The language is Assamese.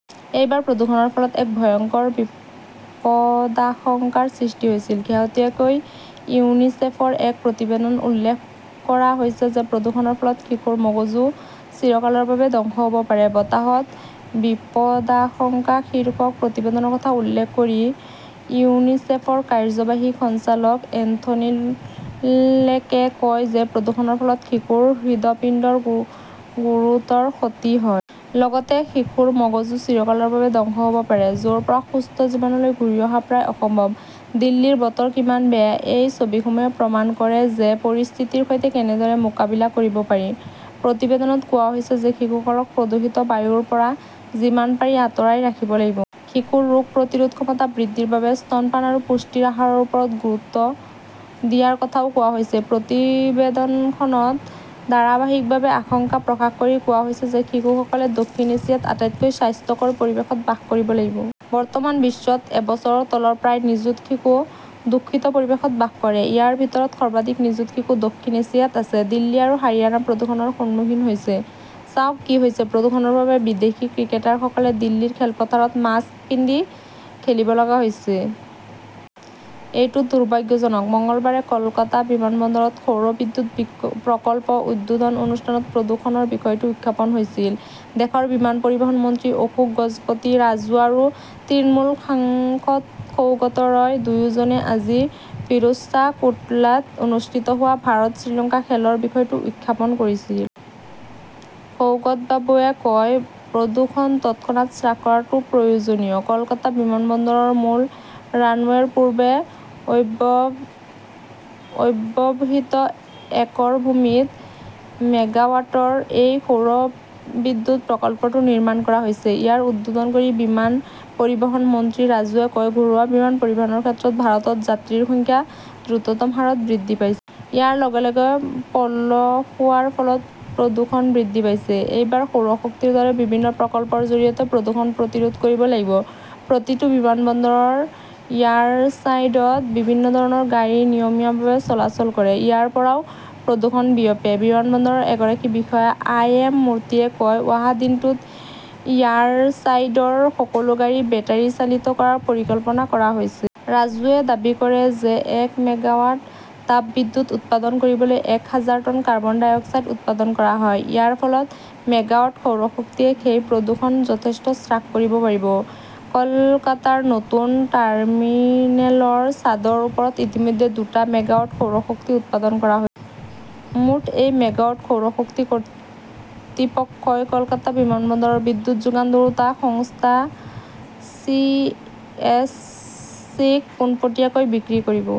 এইবাৰ প্ৰদূষণৰ ফলত এক ভয়ংকৰ বিপদাশংকাৰ সৃষ্টি হৈছিল। শেহতীয়াকৈ ইউনিচেফৰ এক প্ৰতিবেদন উল্লেখ কৰা হৈছে যে প্ৰদূষণৰ ফলত শিশুৰ মগজু চিৰকালৰ বাবে ধ্বংস হ 'ব পাৰে। 'বতাহত বিপদাশংকা শীৰ্ষক প্ৰতিবেদনৰ কথা উল্লেখ কৰি ইউনিচেফৰ কাৰ্যবাহী সঞ্চালক এন্থনী লেকে কয় যে প্ৰদূষণৰ ফলত শিশুৰ হৃদপিণ্ডৰ গু গুৰুতৰ ক্ষতি হয়। লগতে শিশুৰ মগজু চিৰকালৰ বাবে ধ্বংস হব পাৰে। য 'ৰ পৰা সুস্থ জীৱনলৈ ঘূৰি অহা প্ৰায় অসম্ভৱ। দিল্লীৰ বতৰ কিমান বেয়া? এই ছবিসমূহে প্ৰমাণ কৰে যে পৰিস্থিতিৰ সৈতে কেনেদৰে মোকাবিলা কৰিব পাৰি? প্ৰতিবেদনত কোৱা হৈছে যে শিশুসকলক প্ৰদূষিত বায়ুৰ পৰা যিমান পাৰি আঁতৰাই ৰাখিব লাগিব। শিশুৰ ৰোগ প্ৰতিৰোধ ক্ষমতা বৃদ্ধিৰ বাবে স্তনপান আৰু পুষ্টিৰ আহাৰৰ ওপৰত গুৰুত্ব দিয়াৰ কথাও কোৱা হৈছে। প্ৰতিবেদনখনত ধাৰাবাহিকভাৱে আশংকা প্ৰকাশ কৰি কোৱা হৈছে যে শিশুসকলে দক্ষিণ এছিয়াত আটাইতকৈ স্বাস্থ্যকৰ পৰিৱেশত বাস কৰিব লাগিব। বৰ্তমান বিশ্বত এবছৰৰ তলৰ প্ৰায় নিযুত শিশু দূষিত পৰিৱেশত বাস কৰে। ইয়াৰ ভিতৰত সৰ্বাধিক নিযুত শিশু দক্ষিণ এছিয়াত আছে। দিল্লী আৰু হাৰিয়ানা প্ৰদূষণৰ সন্মুখীন হৈছে চাওক কি হৈছে! প্ৰদূষণৰ বাবে বিদেশী ক্ৰিকেটাৰসকলে দিল্লীৰ খেলপথাৰত মাস্ক পিন্ধি খেলিব লগা হৈছে। এইটো দুৰ্ভাগ্যজনক! মঙলবাৰে কলকাতা বিমানবন্দৰত সৌৰ বিদ্যুৎ প্ৰকল্প উদ্বোধন অনুষ্ঠানত প্ৰদূষণৰ বিষয়টো উত্থাপন হৈছিল। দেশৰ বিমান পৰিবহণ মন্ত্ৰী অশোক গজপতি ৰাজু আৰু তৃণমূল সাংসদ সৌগত ৰয় দুয়োজনে আজি ফিৰোজ শ্বাহ কোটলাত অনুষ্ঠিত হোৱা ভাৰত-শ্ৰীলংকা খেলৰ বিষয়টো উত্থাপন কৰিছিল। সৌগতবাবুৱে কয়, প্ৰদূষণ তৎক্ষণাত হ্ৰাস কৰাটো প্ৰয়োজনীয়। কলকাতা বিমানবন্দৰৰ মূল ৰানৱেৰ পূৰ্বে অব্যৱহৃত একৰ ভূমিত মেগাৱাটৰ এই সৌৰ বিদ্যুৎ প্ৰকল্পটো নিৰ্মাণ কৰা হৈছে। ইয়াৰ উদ্বোধন কৰি বিমান পৰিবহণ মন্ত্ৰী ৰাজুৱে কয়, ঘৰুৱা বিমান পৰিবহণৰ ক্ষেত্ৰত ভাৰতত যাত্ৰীৰ সংখ্যা দ্ৰুততম হাৰত বৃদ্ধি পাইছে। ইয়াৰ লগে লগে পলসুৱাৰ ফলত প্ৰদূষণ বৃদ্ধি পাইছে। এইবাৰ সৌৰ শক্তিৰ দৰে বিভিন্ন প্ৰকল্পৰ জৰিয়তে প্ৰদূষণ প্ৰতিৰোধ কৰিব লাগিব। প্ৰতিটো বিমানবন্দৰৰ এয়াৰচাইডত বিভিন্ন ধৰণৰ গাড়ী নিয়মীয়াভাৱে চলাচল কৰে। ইয়াৰ পৰাও প্ৰদূষণ বিয়পে। বিমানবন্দৰৰ এগৰাকী বিষয়া আই এম মূৰ্তিয়ে কয়, অহা দিনটোত এয়াৰচাইডৰ সকলো গাড়ী বেটাৰি চালিত কৰাৰ পৰিকল্পনা কৰা হৈছে। ৰাজুৱে দাবী কৰে যে এক মেগাৱাট তাপবিদ্যুৎ উৎপাদন কৰিবলৈ এক হাজাৰ টন কাৰ্বন-ডাই অক্সাইড উৎপাদন কৰা হয়। ইয়াৰ ফলত মেগাৱাট সৌৰশক্তিয়ে সেই প্ৰদূষণ যথেষ্ট হ্ৰাস কৰিব পাৰিব। কলকাতাৰ নতুন টাৰ্মিনেলৰ ছাদৰ ওপৰত ইতিমধ্যে দুটা মেগাৱাট সৌৰ শক্তি উৎপাদন কৰা হৈছে। মুঠ এই মেগাৱাট সৌৰ শক্তি কৰ্তৃপক্ষই কলকাতা বিমানবন্দৰৰ বিদ্যুৎ যোগান ধৰোঁতা সংস্থা চিইএছচিক পোনপটীয়াকৈ বিক্ৰী কৰিব।